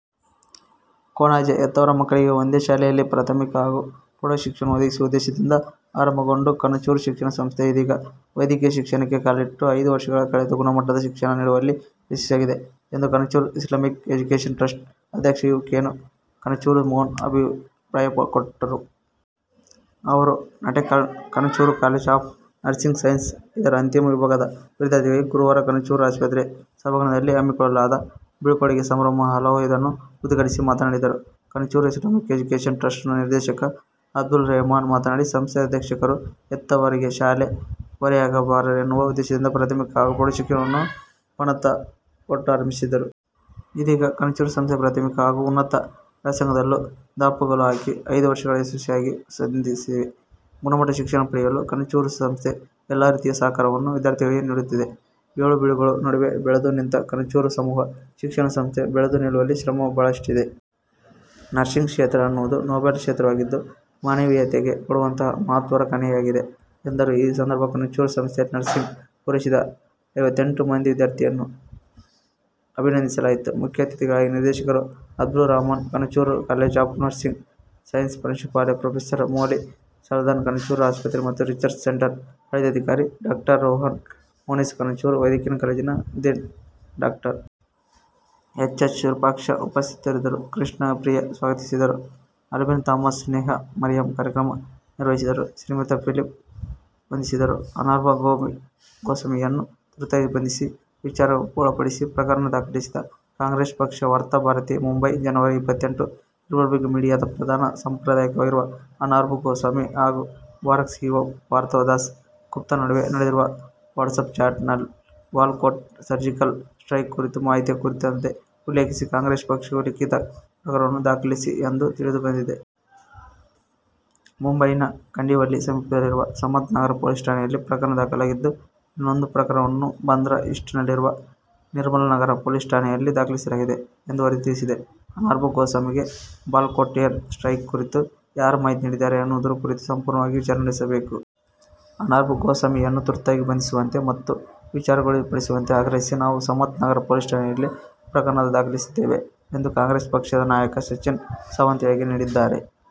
ಕೊಣಾಜೆ: ಹೆತ್ತವರು ಮಕ್ಕಳಿಗೆ ಒಂದೇ ಶಾಲೆಯಲ್ಲಿ ಪ್ರಾಥಮಿಕ ಹಾಗೂ ಪ್ರೌಢಶಿಕ್ಷಣವನ್ನು ಒದಗಿಸುವ ಉದ್ದೇಶದಿಂದ ಆರಂಭಗೊಂಡ ಕಣಚೂರು ಶಿಕ್ಷಣ ಸಂಸ್ಥೆ ಇದೀಗ ವೈದ್ಯಕೀಯ ಶಿಕ್ಷಣಕ್ಕೆ ಕಾಲಿಟ್ಟು ಐದು ವರ್ಷಗಳನ್ನು ಕಳೆದು ಗುಣಮಟ್ಟದ ಶಿಕ್ಷಣ ನೀಡುವಲ್ಲಿ ಯಶಸ್ವಿಯಾಗಿದೆ ಎಂದು ಕಣಚೂರು ಇಸ್ಲಾಮಿಕ್ ಎಜುಕೇಷನ್ ಟ್ರಸ್ಟ್ ಅಧ್ಯಕ್ಷ ಯು. ಕೆ ಕಣಚೂರು ಮೋನು ಅಭಿಪ್ರಾಯಪಟ್ಟರು. ಅವರು ನಾಟೆಕಲ್ನ Kanachur college of nursing science ಇದರ ಅಂತಿಮ ವಿಭಾಗದ ವಿದ್ಯಾರ್ಥಿಗಳಿಗೆ ಗುರುವಾರ ಕಣಚೂರು ಆಸ್ಪತ್ರೆ ಸಭಾಂಗಣದಲ್ಲಿ ಹಮ್ಮಿಕೊಳ್ಳಲಾದ ಬೀಳ್ಕೊಡುಗೆ ಸಮಾರಂಭ ಅಲೋಹಾ- ಇದನ್ನು ಉದ್ಘಾಟಿಸಿ ಮಾತನಾಡಿದರು. ಕಣಚೂರು ಇಸ್ಲಾಮಿಕ್ ಎಜುಕೇಷನ್ ಟ್ರಸ್ಟ್ ನ ನಿರ್ದೇಶಕ ಅಬ್ದುಲ್ ರೆಹಮಾನ್ ಮಾತನಾಡಿ ಸಂಸ್ಥೆ ಅಧ್ಯಕ್ಷರು ಹೆತ್ತವರಿಗೆ ಶಾಲೆ ಹೊರೆಯಾಗಬಾರದೆನ್ನುವ ಉದ್ದೇಶದಿಂದ ಪ್ರಾಥಮಿಕ ಹಾಗೂ ಪ್ರೌಢಶಿಕ್ಷಣವನ್ನು ಪಣತೊಟ್ಟು ಆರಂಭಿಸಿದರು. ಇದೀಗ ಕಣಚೂರು ಸಂಸ್ಥೆ ಪ್ರಾಥಮಿಕ ಹಾಗೂ ಉನ್ನತ ವ್ಯಾಸಾಂಗದಲ್ಲೂ ದಾಪುಗಾಲು ಹಾಕಿ ಐದು ವರ್ಷಗಳು ಯಶಸ್ವಿಯಾಗಿ ಸಂದಿವೆ. ಗುಣಮಟ್ಟದ ಶಿಕ್ಷಣ ಪಡೆಯಲು ಕಣಚೂರು ಸಂಸ್ಥೆ ಎಲ್ಲಾ ರೀತಿಯ ಸಹಕಾರವನ್ನು ವಿದ್ಯಾರ್ಥಿಗಳಿಗೆ ನೀಡುತ್ತಿದೆ. ಏಳುಬೀಳುಗಳ ನಡುವೆ ಬೆಳೆದು ನಿಂತ ಕಣಚೂರು ಸಮೂಹ ಶಿಕ್ಷಣ ಸಂಸ್ಥೆ ಬೆಳೆದು ನಿಲ್ಲುವಲ್ಲಿ ಶ್ರಮ ಬಹಳಷ್ಟಿದೆ. ನರ್ಸಿಂಗ್ ಕ್ಷೇತ್ರ ಅನ್ನುವುದು ನೋಬೆಲ್ ಕ್ಷೇತ್ರವಾಗಿದ್ದು, ಮಾನವೀಯತೆಗೆ ಕೊಡುವಂತಹ ಮಹತ್ತರ ಕಾಣಿಕೆಯಾಗಿದೆ ಎಂದರು. ಈ ಸಂದರ್ಭ ಕಣಚೂರು ಸಂಸ್ಥೆಯಲ್ಲಿ ನರ್ಸಿಂಗ್ ಪೂರೈಸಿದ ಐವತ್ತೆಂಟು ಮಂದಿ ವಿದ್ಯಾರ್ಥಿಗಳನ್ನು ಅಭಿನಂದಿಸಲಾಯಿತು. ಮುಖ್ಯ ಅತಿಥಿಗಳಾಗಿ ನಿರ್ದೇಶಕರು Abdul Rahman, Kanachur college of nursing science ಪ್ರಾಂಶುಪಾಲೆ ಪ್ರೊಫೆಸರ್ ಮೋಲಿ ಸಲ್ದಾನ್ಹ, ಕಣಚೂರು ಆಸ್ಪತ್ರೆ ಮತ್ತು ರಿಸರ್ಚ್ ಸೆಂಟರ್ ಆಡಳಿತಾಧಿಕಾರಿ ಡಾಕ್ಟರ್ ರೋಹನ್ ಮೋನಿಸ್, ಕಣಚೂರು ವೈದ್ಯಕೀಯ ಕಾಲೇಜಿನ dean doctor. H. S Virupaksha ಉಪಸ್ಥಿತರಿದ್ದರು. ಕೃಷ್ಣ ಪ್ರಿಯ ಸ್ವಾಗತಿಸಿದರು. ಆಲ್ಬಿನ್ ಥಾಮಸ್, ಸ್ನೇಹಾ ಮರಿಯಂ ಕಾರ್ಯಕ್ರಮ ನಿರ್ವಹಿಸಿದರು. ಶ್ರಿಮಿತಾ ಫಿಲಿಪ್ ವಂದಿಸಿದರು. ಅರ್ನಬ್ ಗೋಸ್ವಾಮಿಯನ್ನು ತುರ್ತಾಗಿ ಬಂಧಿಸಿ, ವಿಚಾರಣೆಗೊಳಪಡಿಸಿ: ಪ್ರಕರಣ ದಾಖಲಿಸಿದ ಕಾಂಗ್ರೆಸ್ ಪಕ್ಷ ವಾರ್ತಾ ಭಾರತಿ ಮುಂಬೈ, ಜನವರಿ ಇಪತ್ತೆಂಟು ರಿಪಬ್ಲಿಕ್ ಮೀಡಿಯಾದ ಪ್ರಧಾನ ಸಂಪಾದಕರಾಗಿರುವ ಅರ್ನಬ್ ಗೋಸ್ವಾಮಿ ಹಾಗೂ ಬಾರ್ಕ್ ಸಿಇಒ ಪಾರ್ಥೋ ದಾಸ್ ಗುಪ್ತಾ ನಡುವೆ ನಡೆದಿರುವ ವಾಟ್ಸ್ಯಾಪ್ ಚಾಟ್ ನಲ್ಲಿ ಬಾಲಾಕೋಟ್ ಸರ್ಜಿಕಲ್ ಸ್ಟ್ರೈಕ್ ಕುರಿತ ಮಾಹಿತಿಯ ಕುರಿತಾದಂತೆ ಉಲ್ಲೇಖಿಸಿ ಕಾಂಗ್ರೆಸ್ ಪಕ್ಷವು ಲಿಖಿತ ಪ್ರಕರಣವನ್ನು ದಾಖಲಿಸಿದೆ ಎಂದು ತಿಳಿದು ಬಂದಿದೆ. ಮುಂಬೈನ ಕಂಡಿವಲ್ಲಿ ಸಮೀಪವಿರುವ ಸಮತಾ ನಗರ್ ಪೊಲೀಸ್ ಠಾಣೆಯಲ್ಲಿ ಪ್ರಕರಣ ದಾಖಲಾಗಿದ್ದು, ಇನ್ನೊಂದು ಪ್ರಕರಣವನ್ನು ಬಾಂದ್ರಾ ಈಸ್ಟ್ ನಲ್ಲಿರುವ ನಿರ್ಮಲನಗರ್ ಪೊಲೀಸ್ ಠಾಣೆಯಲ್ಲಿ ದಾಖಲಿಸಲಾಗಿದೆ ಎಂದು ವರದಿ ತಿಳಿಸಿದೆ. "ಅರ್ನಬ್ ಗೋಸ್ವಾಮಿಗೆ ಬಾಲಾಕೋಟ್ ಏರ್ ಸ್ಟ್ರೈಕ್ ಕುರಿತು ಯಾರು ಮಾಹಿತಿ ನೀಡಿದ್ದಾರೆ ಅನ್ನುವುದರ ಕುರಿತು ಸಂಪೂರ್ಣವಾಗಿ ವಿಚಾರಣೆ ನಡೆಸಬೇಕು. ಅರ್ನಬ್ ಗೋಸ್ವಾಮಿಯನ್ನು ತುರ್ತಾಗಿ ಬಂಧಿಸುವಂತೆ ಮತ್ತು ವಿಚಾರಣೆಗೊಳಪಡಿಸುವಂತೆ ಆಗ್ರಹಿಸಿ ನಾವು ಸಮತಾ ನಗರ್ ಪೊಲೀಸ್ ಠಾಣೆಯಲ್ಲಿ ಪ್ರಕರಣ ದಾಖಲಿಸಿದ್ದೇವೆ ಎಂದು ಕಾಂಗ್ರೆಸ್ ಪಕ್ಷದ ನಾಯಕ ಸಚಿನ್ ಸಾವಂತ್ ಹೇಳಿಕೆ ನೀಡಿದ್ದಾರೆ.